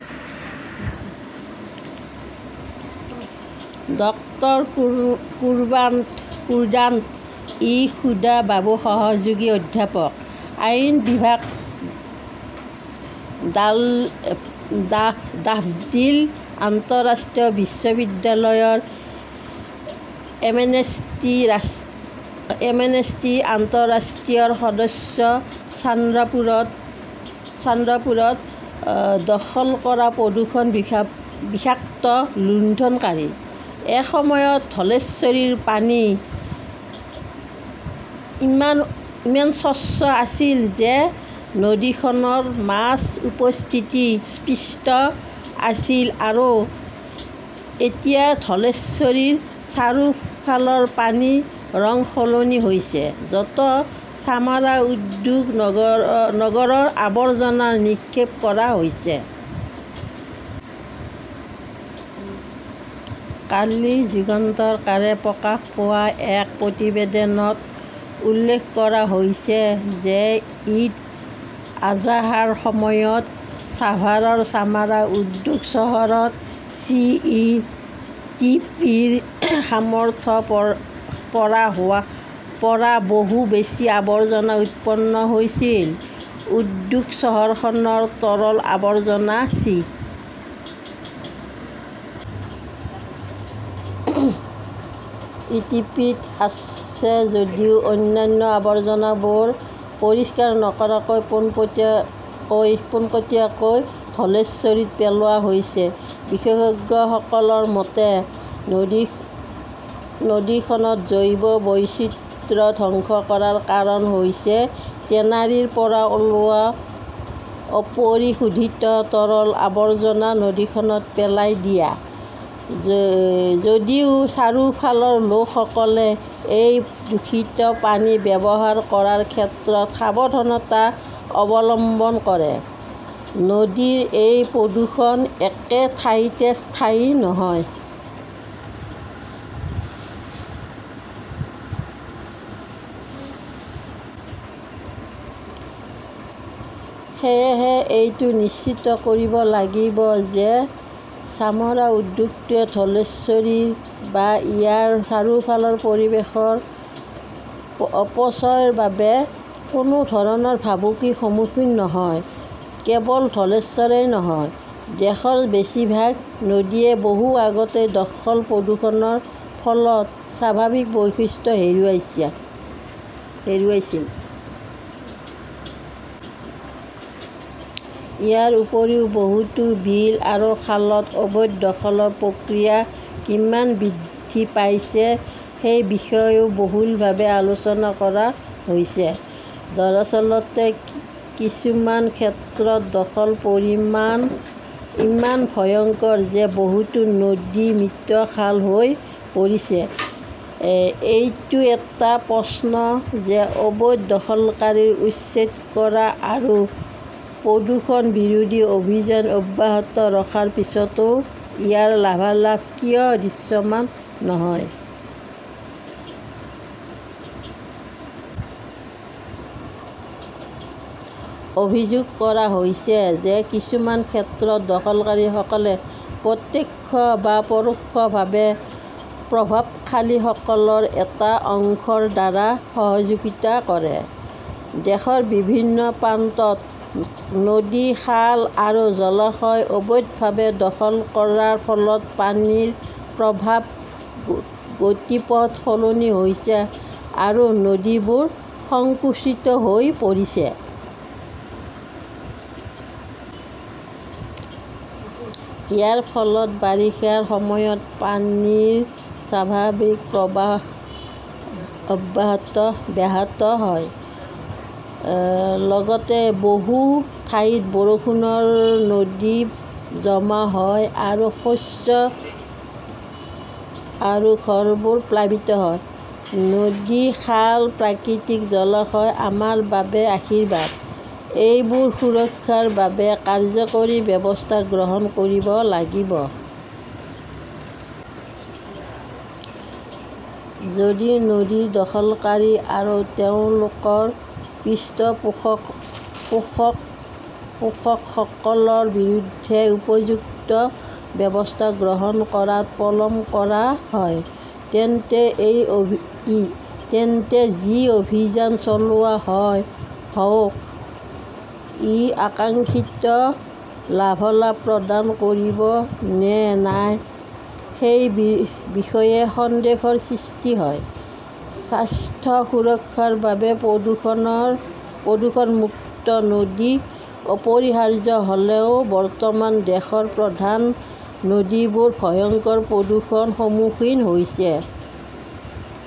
Doctor Qudrat e Khuda Babu সহযোগী অধ্যাপক, আইন বিভাগ, ডাফডিল আন্তঃৰাষ্ট্ৰীয় বিশ্ববিদ্যালয়ৰ এমনেষ্টি আন্তঃৰাষ্ট্ৰীয়ৰ সদস্য চান্দপুৰত দখল কৰা প্ৰদূষণত বিষাক্ত লুণ্ঠনকাৰী। এসময়ত ধলেশ্বৰীৰ পানী ইমান স্বচ্ছ আছিল যে নদীখনত মাছৰ উপস্থিতি স্পষ্ট আছিল আৰু এতিয়া ধলেশ্বৰীৰ চাৰিওফালৰ পানীৰ ৰং সলনি হৈছে য'ত চামৰা উদ্যোগ নগৰৰ আৱৰ্জনা নিক্ষেপ কৰা হৈছে। কালি যুগান্তকাৰে প্ৰকাশ পোৱা এক প্ৰতিবেদনত উল্লেখ কৰা হৈছে যে ঈদ আজহাৰ সময়ত ছাভাৰৰ চামৰা উদ্যোগ চহৰত চি. ই. টি. পি. ৰ সামৰ্থ্যৰ পৰা বহু বেছি আৱৰ্জনা উৎপন্ন হৈছিল। ঔদ্যোগিক চহৰখনৰ তৰল আৱৰ্জনা চি. ই. টি. পি.ত আছে যদিও অন্যান্য আৱৰ্জনাবোৰ পৰিষ্কাৰ নকৰাকৈ পোনপটীয়াকৈ ধলেশ্বৰীত পেলোৱা হৈছে। বিশেষজ্ঞসকলৰ মতে, নদীখনৰ জৈৱ বৈচিত্ৰ্য ধ্বংস কৰাৰ কাৰণ হৈছে টেনাৰীৰ পৰা ওলোৱা অপৰিশোধিত তৰল আৱৰ্জনা নদীখনত পেলাই দিয়া। যদিও চাৰিওফালৰ লোকসকলে এই দূষিত পানী ব্যৱহাৰ কৰাৰ ক্ষেত্ৰত সাৱধানতা অৱলম্বন কৰে, নদীৰ এই প্ৰদূষণ একে ঠাইতে স্থায়ী নহয় । সেয়েহে এইটো নিশ্চিত কৰিব লাগিব যে চামৰা উদ্যোগটোৱে ধলেশ্বৰী বা ইয়াৰ চাৰিওফালৰ পৰিৱেশৰ অপচয়ৰ বাবে কোনো ধৰণৰ ভাবুকিৰ সন্মুখীন নহয়। কেৱল ধলেশ্বৰেই নহয়, দেশৰ বেছিভাগ নদীয়ে বহু আগতেই দখল প্ৰদূষণৰ ফলত স্বাভাৱিক বৈশিষ্ট্য হেৰুৱাইছিল। ইয়াৰ উপৰিও বহুতো বিল আৰু খালত অবৈধ দখলৰ প্ৰক্ৰিয়া কিমান বৃদ্ধি পাইছে সেই বিষয়েও বহুলভাৱে আলোচনা কৰা হৈছে। দৰাচলতে, কিছুমান ক্ষেত্ৰত দখলৰ পৰিমাণ ইমান ভয়ংকৰ যে বহুতো নদী মৃত খাল হৈ পৰিছে। এইটো এটা প্ৰশ্ন যে অবৈধ দখলকাৰীক উচ্ছেদ কৰা আৰু প্ৰদূষণ বিৰোধী অভিযান অব্যাহত ৰখাৰ পিছতো ইয়াৰ লাভালাভ কিয় দৃশ্যমান নহয়। অভিযোগ কৰা হৈছে যে কিছুমান ক্ষেত্ৰত দখলকাৰীসকলে প্ৰত্যক্ষ বা প্ৰৰোক্ষভাৱে প্ৰভাৱশালীসকলৰ এটা অংশৰ দ্বাৰা সহযোগিতা কৰে। দেশৰ বিভিন্ন প্ৰান্তত নদী, খাল আৰু জলাশয় অবৈধভাৱে দখল কৰাৰ ফলত পানীৰ প্ৰৱাহৰ গতিপথ সলনি হৈছে আৰু নদীবোৰ সংকুচিত হৈ পৰিছে। ইয়াৰ ফলত বাৰিষাৰ সময়ত পানীৰ স্বাভাৱিক প্ৰৱাহ ব্যাহত হয়, লগতে বহু ঠাইত বৰষুণৰ পানী জমা হয় আৰু শস্য আৰু ঘৰবোৰ প্লাবিত হয়। নদী, খাল, প্ৰাকৃতিক জলাশয় আমাৰ বাবে আশীৰ্বাদ। এইবোৰ সুৰক্ষাৰ বাবে কাৰ্যকৰী ব্যৱস্থা গ্ৰহণ কৰিব লাগিব। যদি নদী দখলকাৰী আৰু তেওঁলোকৰ পৃষ্ঠপোষকসকলৰ বিৰুদ্ধে উপযুক্ত ব্যৱস্থা গ্ৰহণ কৰাত পলম কৰা হয়, তেন্তে যি অভিযান চলোৱা হওঁক, ই আকাংক্ষিত লাভালাভ প্ৰদান কৰিব নে নাই সেই বিষয়ে সন্দেহৰ সৃষ্টি হয়। স্বাস্থ্য সুৰক্ষাৰ বাবে প্ৰদূষণমুক্ত নদী অপৰিহাৰ্য হ'লেও বৰ্তমান দেশৰ প্ৰধান নদীবোৰ ভয়ংকৰ প্ৰদূষণৰ সন্মুখীন হৈছে।